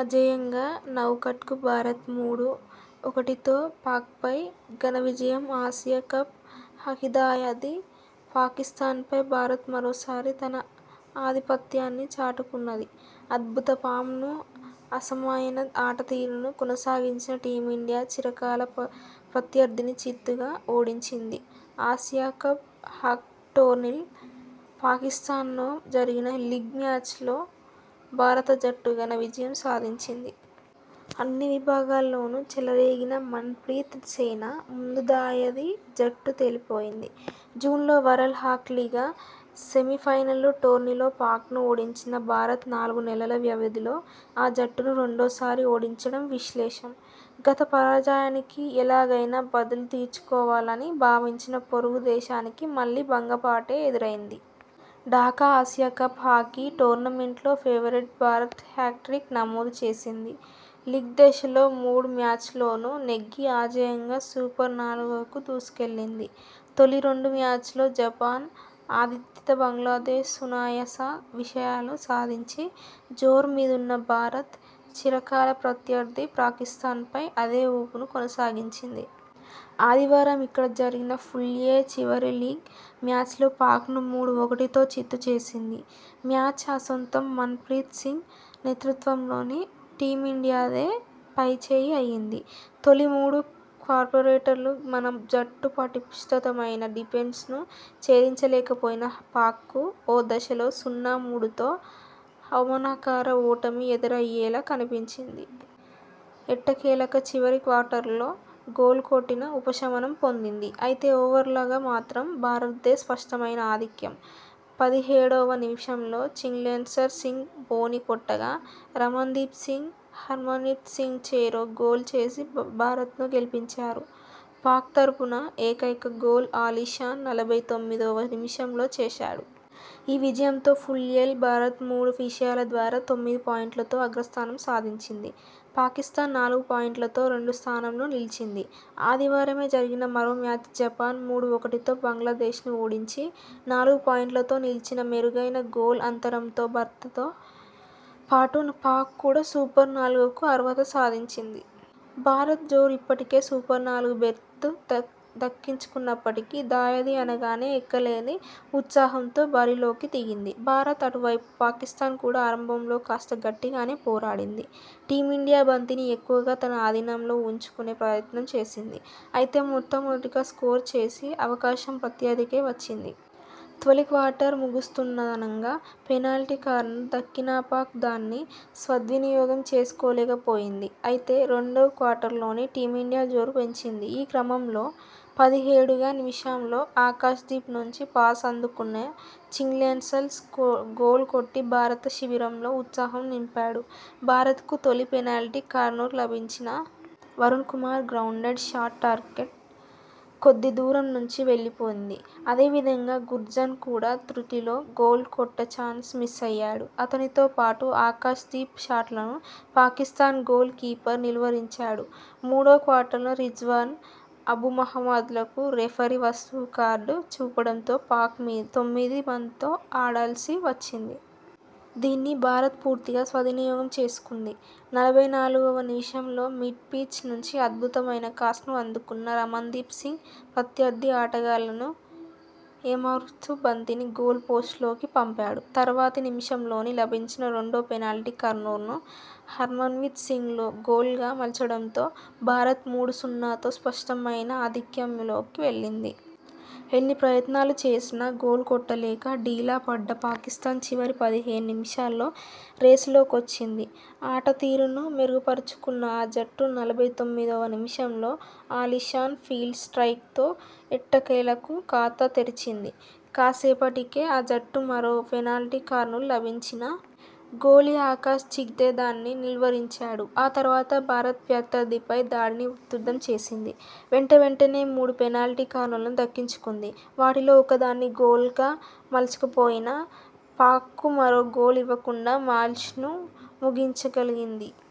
అజేయంగా నాకౌట్కు భారత్ మూడు - ఒకటితో పాక్పై ఘన విజయం ఆసియా కప్ హాకీదాయాది పాకిస్థాన్పై భారత్ మరోసారి తన ఆధిపత్యాన్ని చాటుకున్నది! అద్భుత ఫామ్ను.. అసమాన ఆటతీరును కొనసాగించిన టీమిండియా చిరకాల ప్రత్యర్థిని చిత్తుగా ఓడించింది. ఆసియాకప్ హాకీ టోర్నీ పాకిస్థాను జరిగిన లీగ్ మ్యాచ్లో భారత జట్టు ఘన విజయం సాధించింది. అన్ని విభాగాల్లోనూ చెలరేగిన మన్ ప్రీత్ సేన ముందు దాయాది జట్టు తేలిపోయింది! జూన్లో వరల్డ్ హాకీ లీగ్ సెమీఫైనల్ టోర్నీలో పాక్ను ఓడించిన భారత్ నాలుగు నెలల వ్యవధిలో ఆ జట్టును రెండోసారి ఓడించడం విశేషం! గత పరాజయానికి ఎలాగైనా బదులు తీర్చుకోవాలని భావించిన పొరుగు దేశానికి మళ్లీ భంగపాటే ఎదురైంది! ఢాకా ఆసియా కప్ హాకీ టోర్నమెంట్లో ఫేవరెట్ భారత్ హ్యాట్రిక్ నమోదు చేసింది. లీగ్ దశలో మూడు మ్యాచ్ల్లోనూ నెగ్గి అజేయంగా సూపర్-నాలుగుకు దూసుకెళ్లింది. తొలి రెండు మ్యాచ్ల్లూజపాన్, ఆతిథ్య బంగ్లాదేశ్ సునాయాస విజయాలు సాధించి జోరు మీదున్న భారత్.. చిరకాల ప్రత్యర్థి పాకిస్థాన్పై అదే ఊపును కొనసాగించింది. ఆదివారం ఇక్కడ జరిగిన పూల్-ఎ చివరి లీగ్ మ్యాచ్లో పాక్ను మూడు-ఒకటితో చిత్తు చేసింది. మ్యాచ్ ఆసాంతం మన్ ప్రీత్ సింగ్ నేతృత్వంలోని టీమిండియాదే పైచేయి అయింది. తొలి మూడు కార్పొరేటర్లు మన జట్టు పటిష్టమైన డిఫెన్స్ను ఛేదించలేకపోయిన పాక్కు ఓ దశలో సున్నా-మూడుతో అవమానకర ఓటమి ఎదురయ్యేలా కనిపించింది. ఎట్టకేలకు చివరి క్వార్టర్లో గోల్ కొట్టిన ఉపశమనం పొందింది. అయితే, ఓవరాల్గా మాత్రం భారత్దే స్పష్టమైన ఆధిక్యం! పదిహేడవ నిమిషంలో చింగ్లేన్సర్ సింగ్ బోణీ కొట్టగా, రమణ్దీప్ సింగ్, హర్మన్ప్రీత్ సింగ్ చెరో గోల్ చేసి భారత్ను గెలిపించారు. పాక్ తరపున ఏకైక గోల్ అలీ షాన్ నలభై తొమ్మిదివ నిమిషంలో చేశాడు. ఈ విజయంతో పూల్-ఎలో భారత్ మూడు విజయాల ద్వారా తొమ్మిది పాయింట్లతో అగ్రస్థానం సాధించింది. పాకిస్థాన్ నాలుగు పాయింట్లతో రెండో స్థానంలో నిలిచింది. ఆదివారమే జరిగిన మరో మ్యాచ్లో జపాన్ మూడు-ఒకటితో బంగ్లాదేశ్ను ఓడించి నాలుగు పాయింట్లతో నిలిచినామెరుగైన గోల్ అంతరంతో భారత్తో పాటు పాక్ కూడా సూపర్-నాలుగుకు అర్హత సాధించింది. భారత్ జోరు ఇప్పటికే సూపర్-నాలుగు బెర్తు దక్కించుకున్నప్పటికీ.. దాయాది అనగానే ఎక్కడలేని ఉత్సాహంతో బరిలోకి దిగింది భారత్. అటువైపు పాకిస్థాన్ కూడా ఆరంభంలో కాస్త గట్టిగానే పోరాడింది. టీమిండియా బంతిని ఎక్కువగా తన అధీనంలో ఉంచుకునే ప్రయత్నం చేసింది. అయితే, మొదటగా స్కోరు చేసే అవకాశం ప్రత్యర్థికే వచ్చింది. తొలి క్వార్టర్ ముగుస్తుందనగా పెనాల్టీ కార్నర్ దక్కినాపాక్ దాన్ని సద్వినియోగం చేసుకోలేకపోయింది. అయితే, రెండో క్వార్టర్లో టీమిండియా జోరు పెంచింది. ఈ క్రమంలో పదిహేడు గా నిమిషంలో ఆకాశ్ దీప్ నుంచి పాస్ అందుకున్న చింగ్లేన్సన్ గోల్ కొట్టి భారత శిబిరంలో ఉత్సాహం నింపాడు. భారత్కు తొలి పెనాల్టీ కార్నర్ లభించినా.. వరుణ్ కుమార్ గ్రౌండెడ్ షాట్ టార్గెట్కు కొద్ది దూరం నుంచి వెళ్లిపోయింది. అదే విధంగా గుర్జన్త్ కూడా తృటిలో గోల్ కొట్టే చాన్స్ను మిస్సయ్యాడు. అతనితో పాటు ఆకాశ్ దీప్ షాట్లను పాకిస్థాన్ గోల్ కీపర్ నిలువరించాడు. మూడో క్వార్టర్లో రిజ్వాన్, అబూ మహమ్మద్లకు రెఫరీ పసుపు కార్డు చూపడంతో పాక్ తొమ్మిది మందితో ఆడాల్సి వచ్చింది. దీన్ని భారత్ పూర్తిగా సద్వినియోగం చేసుకుంది. నలభై నాలుగువ నిమిషంలో మిడ్ పిచ్ నుంచి అద్భుతమైన క్రాస్ను అందుకున్న రమణ్దీప్ సింగ్. ప్రత్యర్థి ఆటగాళ్లను ఏమార్చుతూ బంతిని గోల్ పోస్ట్ లోకి పంపాడు. తర్వాతి నిమిషంలోనే లభించిన రెండో పెనాల్టీ కార్నర్ను హర్మన్ప్రీత్ సింగ్ గోల్గా మలచడంతో భారత్ మూడు-సున్నాతో స్పష్టమైన ఆధిక్యంలోకి వెళ్లింది. ఎన్ని ప్రయత్నాలు చేసినా గోల్ కొట్టలేక డీలా పడ్డ పాకిస్థాన్ చివరి పదిహేను నిమిషాల్లో రేసులోకొచ్చింది. ఆట తీరును మెరుగుపరుచుకున్న ఆ జట్టు నలభై తొమ్మిదివ నిమిషంలో అలీ షాన్ ఫీల్డ్ స్ట్రయిక్తో ఎట్టకేలకు ఖాతా తెరిచింది. కాసేపటికే ఆ జట్టుకు మరో పెనాల్టీ కార్నర్ లభించినా. గోలీ ఆకాశ్ చిక్టే దాన్ని నిలువరించాడు. ఆ తర్వాత భారత్ ప్రత్యర్థిపై దాడిని ఉధృతం చేసింది. వెంటవెంటనే మూడు పెనాల్టీ కార్నర్లు దక్కించుకుంది. వాటిలో ఒక్కదాన్నీ గోల్గా మలచలేకపోయినా.. పాక్కు మరో గోల్ ఇవ్వకుండా మ్యాచ్ను ముగించగలిగింది.